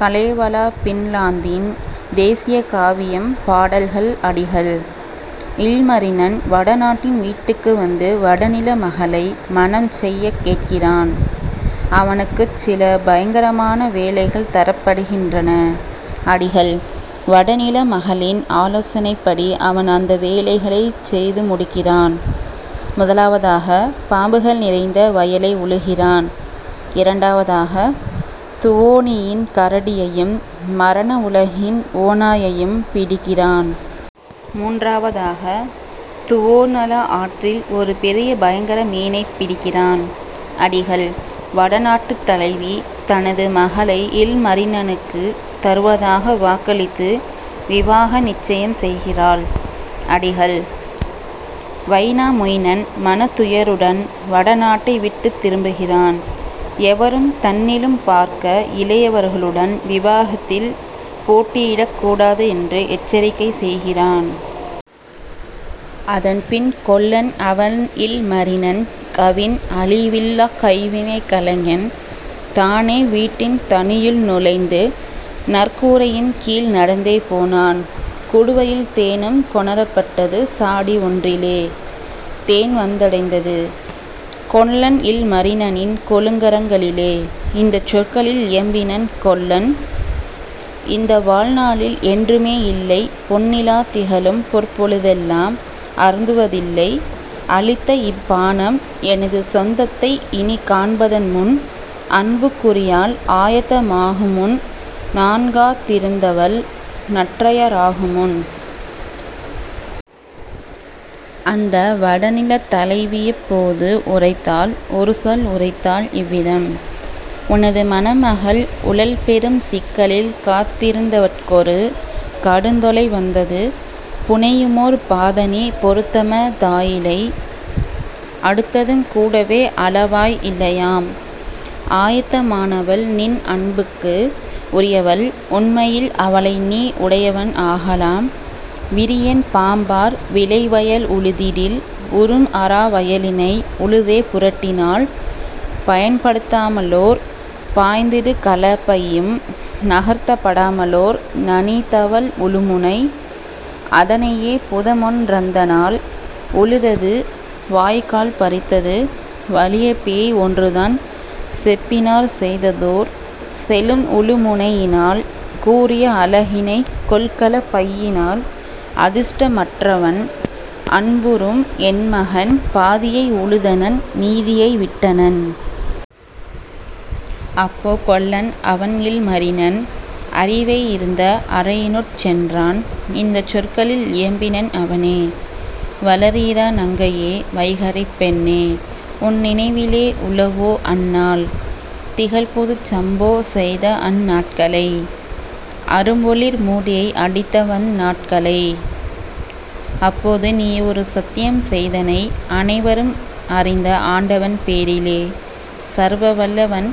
Kalevala பின்லாந்தின் தேசிய காவியம் பாடல்கள் அடிகள்: இல்மரினன் வடநாட்டின் வீட்டுக்கு வந்து வடநில மகளை மணம் செய்யக் கேட்கிறான். அவனுக்குச் சில பயங்கரமான வேலைகள் தரப்படுகின்றன. அடிகள்: வடநில மகளின் ஆலோசனைப்படி அவன் அந்த வேலைகளைச் செய்து முடிக்கிறான். முதலாவதாக பாம்புகள் நிறைந்த வயலை உழுகிறான்; இரண்டாவதாக துவோனியின் கரடியையும் மரண உலகின் ஓநாயையும் பிடிக்கிறான். மூன்றாவதாக துவோனலா ஆற்றில் ஒரு பெரிய பயங்கர மீனைப் பிடிக்கிறான். அடிகள்: வடநாட்டுத் தலைவி தனது மகளை இல்மரினனுக்குத் தருவதாக வாக்களித்து விவாக நிச்சயம் செய்கிறாள். அடிகள்: வைனாமொயினன் மனத்துயருடன் வடநாட்டை விட்டுத் திரும்புகிறான். எவரும் தன்னிலும் பார்க்க இளையவர்களுடன் விவாகத்தில் போட்டியிடக் கூடாது என்று எச்சரிக்கை செய்கிறான். அதன்பின் கொல்லன் அவன்இல் மரினன் கவின்அழி வில்லாக் கைவினைக் கலைஞன் தானே வீட்டின் தனியுள் நுழைந்து நற்கூ ரையின்கீழ் நடந்தே போனான். குடுவையில் தேனும் கொணரப் பட்டது சாடி ஒன்றிலே தேன்வந் தடைந்தது கொல்லன்இல் மரினனின் கொழுங்கரங் களிலே; இந்தச் சொற்களில் இயம்பினன் கொல்லன்: "இந்தவாழ் நாளில் என்றுமே யில்லை பொன்னிலாத் திகழும் பொற்பொழு தெல்லாம் அருந்துவ தில்லை அளித்தஇப் பானம் எனது சொந் தத்தை இனிக்காண் பதன்முன் அன்புக் குரியாள் ஆயத்த மாகுமுன் நான்காத் திருந்தவள் நற்றயா ராகுமுன். " அந்த வடநிலத் தலைவியப் போது உரைத்தாள் ஒருசொல் உரைத்தாள் இவ்விதம்: "உனது மணமகள் உளள்பெரும் சிக்கலில் காத்திருந் தவட்கொரு கடுந்தொலை வந்தது புனையுமோர் பாதணி பொருத்தம தாயிலை அடுத்ததும் கூடவே அளவாய் இல்லையாம்; ஆயத்த மானவள்நின் அன்புக்கு உரியவள் உண்மையில் அவளைநீ உடையவன் ஆகலாம் விரியன் பாம்பார் விளைவயல் உழுதிடில் உறும்அரா வயலினை உழுதே புரட்டினால் பயன்படுத் தாமலோர் பாய்ந்திடு கலப்பையும் நகர்த்தப் படாமலோர் நனிதவழ் உழுமுனை; அதனையே புதமொன் றந்தநாள் உழுதது வாய்க்கால் பறித்தது வலியபேய் ஒன்றுதான் செப்பினாற் செய்ததோர் செழும்உழு முனையினால் கூரிய அலகினைக் கொள்கலப் பையினால் அதிர்ஷ்ட மற்றவன் அன்புறும் என்மகன் பாதியை உழுதனன் மீதியை விட்டனன். " அப்போ கொல்லன் அவன்இல் மரினன் அரிவை இருந்த அறையினுட் சென்றான் இந்தச் சொற்களில் இயம்பினன் அவனே: "வளர்இரா நங்கையே, வைகறைப் பெண்ணே! உன்நினை வினிலே உளவோ அந்நாள்? திகழ்புதுச் சம்போ செய்தஅந் நாட்களை? அரும்ஒளிர் மூடியை அடித்தவந் நாட்களை? அப்போது நீயொரு சத்தியம் செய்தனை அனைவரும் அறிந்த ஆண்டவன் பேரிலே சர்வ வல்லவன்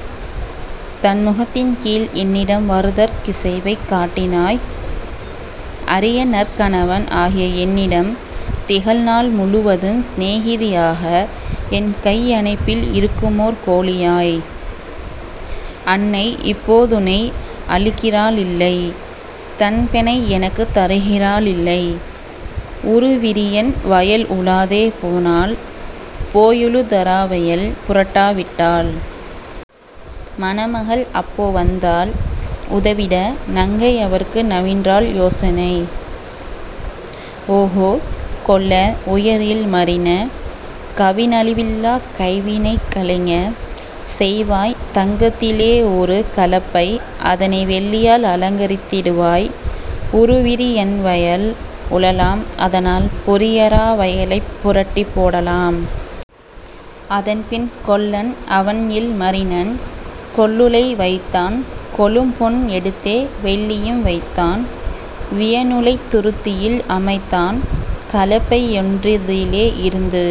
தன்முகத் தின்கீழ் என்னிடம் வருதற் கிசைவைக் காட்டினாய் அரியநற் கணவன் ஆகிய என்னிடம் திகழ்நாள் முழுவதும் சினேகிதி யாக என்கை யணைப்பில் இருக்குமோர் கோழியாய்; அன்னைஇப் போதுனை அளிக்கிறா ளில்லை தன்பெணை எனக்குத் தருகிறா ளில்லை உறுவிரி யன்வயல் உழாதே போனால் போயுழு தராவயல் புரட்டா விட்டால். " மணமகள் அப்போ வந்தாள் உதவிட நங்கை யவற்கு நவின்றாள் யோசனை: "ஓகோ, கொல்ல, உயர்இல் மரின! கவினழி வில்லாக் கைவினைக் கலைஞ! செய்வாய் தங்கத் திலேயொரு கலப்பை அதனை வெள்ளியால் அலங்கரித் திடுவாய் உறுவிரி யன்வயல் உழலாம் அதனால் பொறியரா வயலைப் புரட்டிப் போடலாம். " அதன்பின் கொல்லன் அவன்இல் மரினன் கொல்லுலை வைத்தான் கொழும்பொன் எடுத்தே வெள்ளியும் வைத்தான் வியனுலைத் துருத்தியில் அமைத்தான் கலப்பையொன் றதிலே யிருந்து;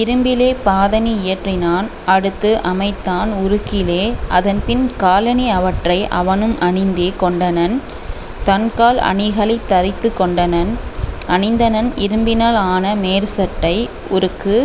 இரும்பிலே பாதணி இயற்றினான் அடுத்து அமைத்தான் உருக்கிலே அதன்பின் காலணி அவற்றை அவனும் அணிந்தே கொண்டனன் தன்கால் அணிகளைத் தரித்துக் கொண்டனன் அணிந்தனன் இரும்பினால் ஆனமேற் சட்டை உருக்கு